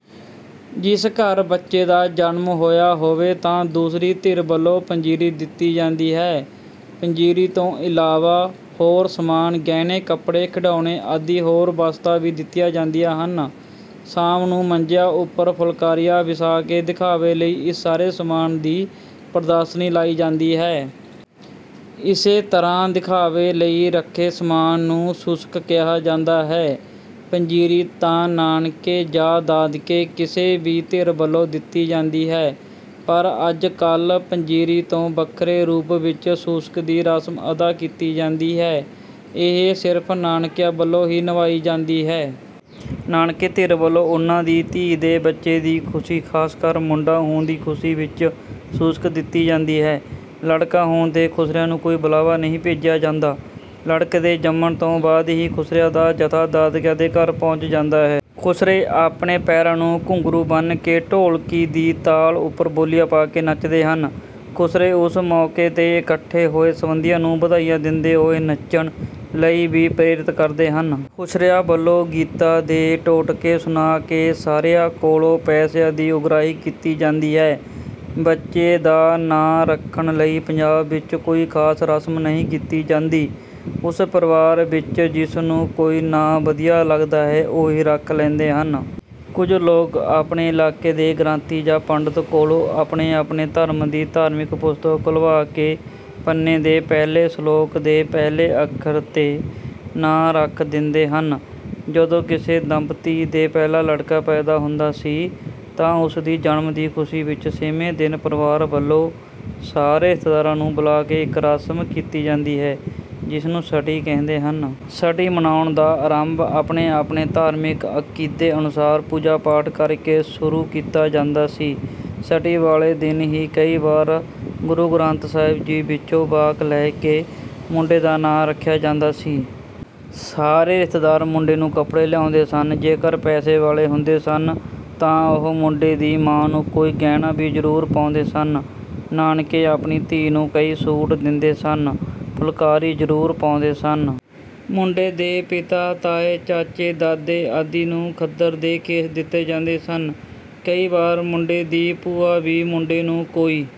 ਜਿਸ ਘਰ ਬੱਚੇ ਦਾ ਜਨਮ ਹੋਇਆ ਹੋਵੇ ਤਾਂ ਦੂਸਰੀ ਧਿਰ ਵੱਲੋਂ ਪੰਜੀਰੀ ਦਿੱਤੀ ਜਾਂਦੀ ਹੈ। ਪੰਜੀਰੀ ਤੋਂ ਇਲਾਵਾ ਹੋਰ ਸਾਮਾਨ ਗਹਿਣੇ ਕੱਪੜੇ ਖਿਡੌਣੇ ਆਦਿ ਹੋਰ ਵਸਤਾਂ ਵੀ ਦਿੱਤੀਆਂ ਜਾਂਦੀਆਂ ਹਨ। ਸ਼ਾਮ ਨੂੰ ਮੰਜਿਆਂ ਉੱਪਰ ਫੁਲਕਾਰੀਆਂ ਵਿਛਾ ਕੇ ਦਿਖਾਵੇ ਲਈ ਇਸ ਸਾਰੇ ਸਾਮਾਨ ਦੀ ਪ੍ਰਦਰਸ਼ਨੀ ਲਾਈ ਜਾਂਦੀ ਹੈ। ਇਸ ਤਰ੍ਹਾਂ ਦਿਖਾਵੇ ਲਈ ਰੱਖੇ ਸਾਮਾਨ ਨੂੰ ਸ਼ੂਸ਼ਕ ਕਿਹਾ ਜਾਂਦਾ ਹੈ। ਪੰਜੀਰੀ ਤਾਂ ਨਾਨਕੇ ਜਾਂ ਦਾਦਕੇ ਕਿਸੇ ਵੀ ਧਿਰ ਵੱਲੋਂ ਦਿੱਤੀ ਜਾਂਦੀ ਹੈ ਪਰ ਅੱਜ ਕੱਲ੍ਹ ਪੰਜੀਰੀ ਤੋਂ ਵੱਖਰੇ ਰੂਪ ਵਿੱਚ ਸ਼ੂਸ਼ਕ ਦੀ ਰਸਮ ਅਦਾ ਕੀਤੀ ਜਾਂਦੀ ਹੈ ਇਹ ਸਿਰਫ ਨਾਨਕਿਆਂ ਵੱਲੋਂ ਹੀ ਨਿਭਾਈ ਜਾਂਦੀ ਹੈ। ਨਾਨਕੇ ਧਿਰ ਵੱਲੋਂ ਉਨ੍ਹਾਂ ਦੀ ਧੀ ਦੇ ਬੱਚੇ ਦੀ ਖੁਸ਼ੀ ਖਾਸ ਕਰ ਮੁੰਡਾ ਹੋਣ ਦੀ ਖੁਸ਼ੀ ਵਿੱਚ ਸ਼ੂਸ਼ਕ ਦਿੱਤੀ ਜਾਂਦੀ ਹੈ। ਲੜਕਾ ਹੋਣ ਤੇ ਖੁਸਰਿਆਂ ਨੂੰ ਕੋਈ ਬੁਲਾਵਾ ਨਹੀਂ ਭੇਜਿਆ ਜਾਂਦਾ। ਲੜਕੇ ਦੇ ਜੰਮਣ ਤੋਂ ਬਾਅਦ ਹੀ ਖੁਸਰਿਆਂ ਦਾ ਜਥਾ ਦਾਦਕਿਆਂ ਦੇ ਘਰ ਪਹੁੰਚ ਜਾਂਦਾ ਹੈ। ਖੁਸਰੇ ਆਪਣੇ ਪੈਰਾਂ ਨੂੰ ਘੁੰਗਰੂ ਬੰਨ੍ਹ ਕੇ ਢੋਲਕੀ ਦੀ ਤਾਲ ਉੱਪਰ ਬੋਲੀਆਂ ਪਾ ਕੇ ਨੱਚਦੇ ਹਨ। ਖੁਸਰੇ ਉਸ ਮੌਕੇ ਤੇ ਇਕੱਠੇ ਹੋਏ ਸੰਬੰਧੀਆਂ ਨੂੰ ਵਧਾਈਆਂ ਦਿੰਦੇ ਹੋਏ ਨੱਚਣ ਲਈ ਵੀ ਪ੍ਰੇਰਿਤ ਕਰਦੇ ਹਨ। ਖੁਸਰਿਆਂ ਵੱਲੋਂ ਗੀਤਾਂ ਦੇ ਟੋਟਕੇ ਸੁਣਾ ਕੇ ਸਾਰਿਆਂ ਕੋਲੋਂ ਪੈਸਿਆਂ ਦੀ ਉਗਰਾਹੀ ਕੀਤੀ ਜਾਂਦੀ ਹੈ। ਬੱਚੇ ਦਾ ਨਾਂ ਰੱਖਣ ਲਈ ਪੰਜਾਬ ਵਿੱਚ ਕੋਈ ਖਾਸ ਰਸਮ ਨਹੀਂ ਕੀਤੀ ਜਾਂਦੀ। ਉਸ ਪਰਿਵਾਰ ਵਿੱਚ ਜਿਸ ਨੂੰ ਕੋਈ ਨਾਂ ਵਧੀਆ ਲੱਗਦਾ ਹੈ ਉਹੀ ਰੱਖ ਲੈਂਦੇ ਹਨ। ਕੁੱਝ ਲੋਕ ਆਪਣੇ ਇਲਾਕੇ ਦੇ ਗ੍ਰੰਥੀ ਜਾਂ ਪੰਡਿਤ ਕੋਲੋਂ ਆਪਣੇ ਆਪਣੇ ਧਰਮ ਦੀ ਧਾਰਮਿਕ ਪੁਸਤਕ ਖੁਲ੍ਹਵਾ ਕੇ ਪੰਨੇ ਦੇ ਪਹਿਲੇ ਸਲੋਕ ਦੇ ਪਹਿਲੇ ਅੱਖਰ ਤੇ ਨਾਂ ਰੱਖ ਦਿੰਦੇ ਹਨ। ਜਦੋਂ ਕਿਸੇ ਦੰਪਤੀ ਦੇ ਪਹਿਲਾ ਲੜਕਾ ਪੈਦਾ ਹੁੰਦਾ ਸੀ ਤਾਂ ਉਸ ਦੀ ਜਨਮ ਦੀ ਖੁਸ਼ੀ ਵਿੱਚ ਛੇਵੇਂ ਦਿਨ ਪਰਿਵਾਰ ਵੱਲੋਂ ਸਾਰੇ ਰਿਸ਼ਤੇਦਾਰਾਂ ਨੂੰ ਬੁਲਾ ਕੇ ਇੱਕ ਰਸਮ ਕੀਤੀ ਜਾਂਦੀ ਹੈ ਜਿਸ ਨੂੰ ਛਟੀ ਕਹਿੰਦੇ ਹਨ। ਛਟੀ ਮਨਾਉਣ ਦਾ ਆਰੰਭ ਆਪਣੇ ਆਪਣੇ ਧਾਰਮਿਕ ਅਕੀਦੇ ਅਨੁਸਾਰ ਪੂਜਾ ਪਾਠ ਕਰ ਕੇ ਸ਼ੁਰੂ ਕੀਤਾ ਜਾਂਦਾ ਸੀ। ਛਟੀ ਵਾਲੇ ਦਿਨ ਹੀ ਕਈ ਵਾਰ ਗੁਰੂ ਗ੍ਰੰਥ ਸਾਹਿਬ ਵਿੱਚੋਂ ਵਾਕ ਲੈ ਕੇ ਮੁੰਡੇ ਦਾ ਨਾਂ ਰੱਖਿਆ ਜਾਂਦਾ ਸੀ। ਸਾਰੇ ਰਿਸ਼ਤੇਦਾਰ ਮੁੰਡੇ ਨੂੰ ਕੱਪੜੇ ਲਿਆਉਂਦੇ ਸਨ। ਜੇਕਰ ਪੈਸੇ ਵਾਲੇ ਹੁੰਦੇ ਸਨ ਤਾਂ ਉਹ ਮੁੰਡੇ ਦੀ ਮਾਂ ਨੂੰ ਕੋਈ ਗਹਿਣਾ ਵੀ ਜ਼ਰੂਰ ਪਾਉਂਦੇ ਸਨ। ਨਾਨਕੇ ਆਪਣੀ ਧੀ ਨੂੰ ਕਈ ਸੂਟ ਦਿੰਦੇ ਸਨ। ਫੁਲਕਾਰੀ ਜ਼ਰੂਰ ਪਾਉਂਦੇ ਸਨ। ਮੁੰਡੇ ਦੇ ਪਿਤਾ ਤਾਏ ਚਾਚੇ ਦਾਦੇ ਆਦਿ ਨੂੰ ਖੱਦਰ ਦੇ ਖੇਸ ਦਿੱਤੇ ਜਾਂਦੇ ਸਨ। ਕਈ ਵਾਰ ਮੁੰਡੇ ਦੀ ਭੂਆ ਵੀ ਮੁੰਡੇ ਨੂੰ ਕੋਈ